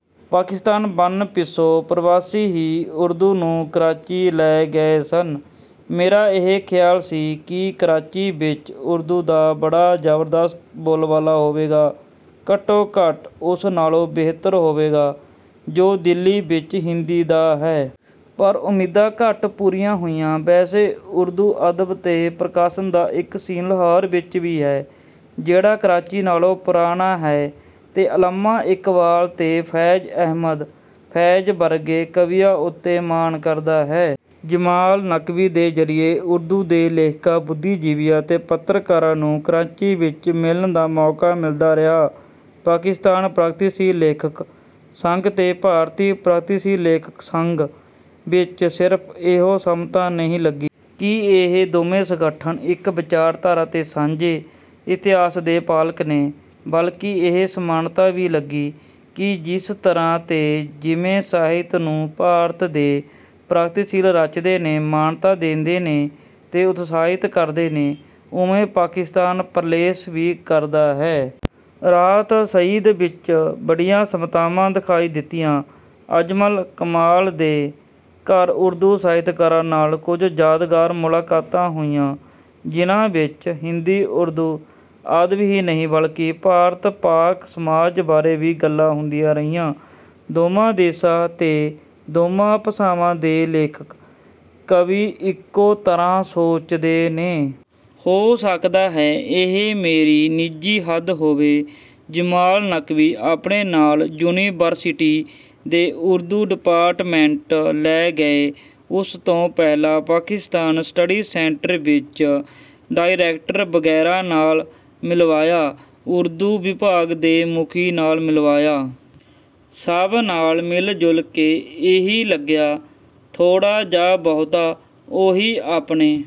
ਪਾਕਿਸਤਾਨ ਬਣਨ ਪਿੱਛੋਂ ਪਰਵਾਸੀ ਹੀ ਉਰਦੂ ਨੂੰ ਕਰਾਚੀ ਲੈ ਗਏ ਸਨ। ਮੇਰਾ ਇਹ ਖ਼ਿਆਲ ਸੀ ਕਿ ਕਰਾਚੀ ਵਿਚ ਉਰਦੂ ਦਾ ਬੜਾ ਜ਼ਬਰਦਸਤ ਬੋਲਬਾਲਾ ਹੋਵੇਗਾ, ਘੱਟੋ-ਘੱਟ ਉਸ ਨਾਲੋਂ ਬਿਹਤਰ ਹੋਵੇਗਾ ਜੋ ਦਿੱਲੀ ਵਿਚ ਹਿੰਦੀ ਦਾ ਹੈ। ਪਰ ਉਮੀਦਾਂ ਘੱਟ ਪੂਰੀਆਂ ਹੋਈਆਂ। ਵੈਸੇ ਉਰਦੂ ਅਦਬ ਤੇ ਪ੍ਰਕਾਸ਼ਨ ਦਾ ਇਕ 'ਸੀਨ' ਲਾਹੌਰ ਵਿਚ ਵੀ ਹੈ, ਜਿਹੜਾ ਕਰਾਚੀ ਨਾਲੋਂ ਪੁਰਾਣਾ ਹੈ ਤੇ ਅੱਲਾਮਾ ਇਕਬਾਲ ਤੇ ਫ਼ੈਜ਼ ਅਹਿਮਦ 'ਫ਼ੈਜ਼' ਵਰਗੇ ਕਵੀਆਂ ਉੱਤੇ ਮਾਣ ਕਰਦਾ ਹੈ। ਜਮਾਲ ਨਕਵੀ ਦੇ ਜ਼ਰੀਏ ਉਰਦੂ ਦੇ ਲੇਖਕਾਂ, ਬੁੱਧੀਜੀਵੀਆਂ ਤੇ ਪੱਤਰਕਾਰਾਂ ਨੂੰ ਕਰਾਚੀ ਵਿਚ ਮਿਲਣ ਦਾ ਮੌਕਾ ਮਿਲਦਾ ਰਿਹਾ। ਪਾਕਿਸਤਾਨ ਪ੍ਰਗਤੀਸ਼ੀਲ ਲੇਖਕ ਸੰਘ ਤੇ ਭਾਰਤੀ ਪ੍ਰਗਤੀਸ਼ੀਲ ਲੇਖਕ ਸੰਘ ਵਿਚ ਸਿਰਫ਼ ਇਹੋ ਸਮਤਾ ਨਹੀਂ ਲੱਗੀ ਕਿ ਇਹ ਦੋਵੇਂ ਸੰਗਠਨ ਇਕ ਵਿਚਾਰਧਾਰਾ ਤੇ ਸਾਂਝੇ ਇਤਿਹਾਸ ਦੇ ਪਾਲਕ ਨੇ, ਬਲਕਿ ਇਹ ਸਮਾਨਤਾ ਵੀ ਲੱਗੀ ਕਿ ਜਿਸ ਤਰ੍ਹਾਂ ਤੇ ਜਿਵੇਂ ਸਾਹਿਤ ਨੂੰ ਭਾਰਤ ਦੇ ਪ੍ਰਗਤੀਸ਼ੀਲ ਰਚਦੇ ਨੇ, ਮਾਨਤਾ ਦੇਂਦੇ ਨੇ ਤੇ ਉਤਸਾਹਿਤ ਕਰਦੇ ਨੇ, ਓਵੇਂ ਪਾਕਿਸਤਾਨ 'ਪ੍ਰਲੇਸ' ਵੀ ਕਰਦਾ ਹੈ। ਰਾਹਤ ਸਈਦ ਵਿਚ ਬੜੀਆਂ ਸਮਤਾਵਾਂ ਦਿਖਾਈ ਦਿੱਤੀਆਂ। ਅਜਮਲ ਕਮਾਲ ਦੇ ਘਰ ਉਰਦੂ ਸਾਹਿਤਕਾਰਾਂ ਨਾਲ ਕੁਝ ਯਾਦਗਾਰ ਮੁਲਾਕਾਤਾਂ ਹੋਈਆਂ, ਜਿਨ੍ਹਾਂ ਵਿਚ ਹਿੰਦੀ-ਉਰਦੂ ਅਦਬ ਹੀ ਨਹੀਂ, ਬਲਕਿ ਭਾਰਤ-ਪਾਕ ਸਮਾਜ ਬਾਰੇ ਵੀ ਗੱਲਾਂ ਹੁੰਦੀਆਂ ਰਹੀਆਂ। ਦੋਵਾਂ ਦੇਸ਼ਾਂ ਤੇ ਦੋਵਾਂ ਭਾਸ਼ਾਵਾਂ ਦੇ ਲੇਖਕ, ਕਵੀ ਇਕੋ ਤਰ੍ਹਾਂ ਸੋਚਦੇ ਨੇ। ਹੋ ਸਕਦਾ ਹੈ ਇਹ ਮੇਰੀ ਨਿੱਜੀ ਹੱਦ ਹੋਵੇ। ਜਮਾਲ ਨਕਵੀ ਆਪਣੇ ਨਾਲ ਯੂਨੀਵਰਸਿਟੀ ਦੇ ਉਰਦੂ ਡਿਪਾਰਟਮੈਂਟ ਲੈ ਗਏ। ਉਸ ਤੋਂ ਪਹਿਲਾਂ ਪਾਕਿਸਤਾਨ ਸਟੱਡੀ ਸੈਂਟਰ ਵਿਚ ਡਾਇਰੈਕਟਰ ਵਗੈਰਾ ਨਾਲ ਮਿਲਵਾਇਆ। ਉਰਦੂ ਵਿਭਾਗ ਦੇ ਮੁਖੀ ਨਾਲ ਮਿਲਵਾਇਆ। ਸਭ ਨਾਲ ਮਿਲ-ਜੁਲ ਕੇ ਇਹੀ ਲੱਗਿਆ, ਥੋੜ੍ਹਾ ਜਾਂ ਬਹੁਤਾ ਉਹੀ ਆਪਣੇ...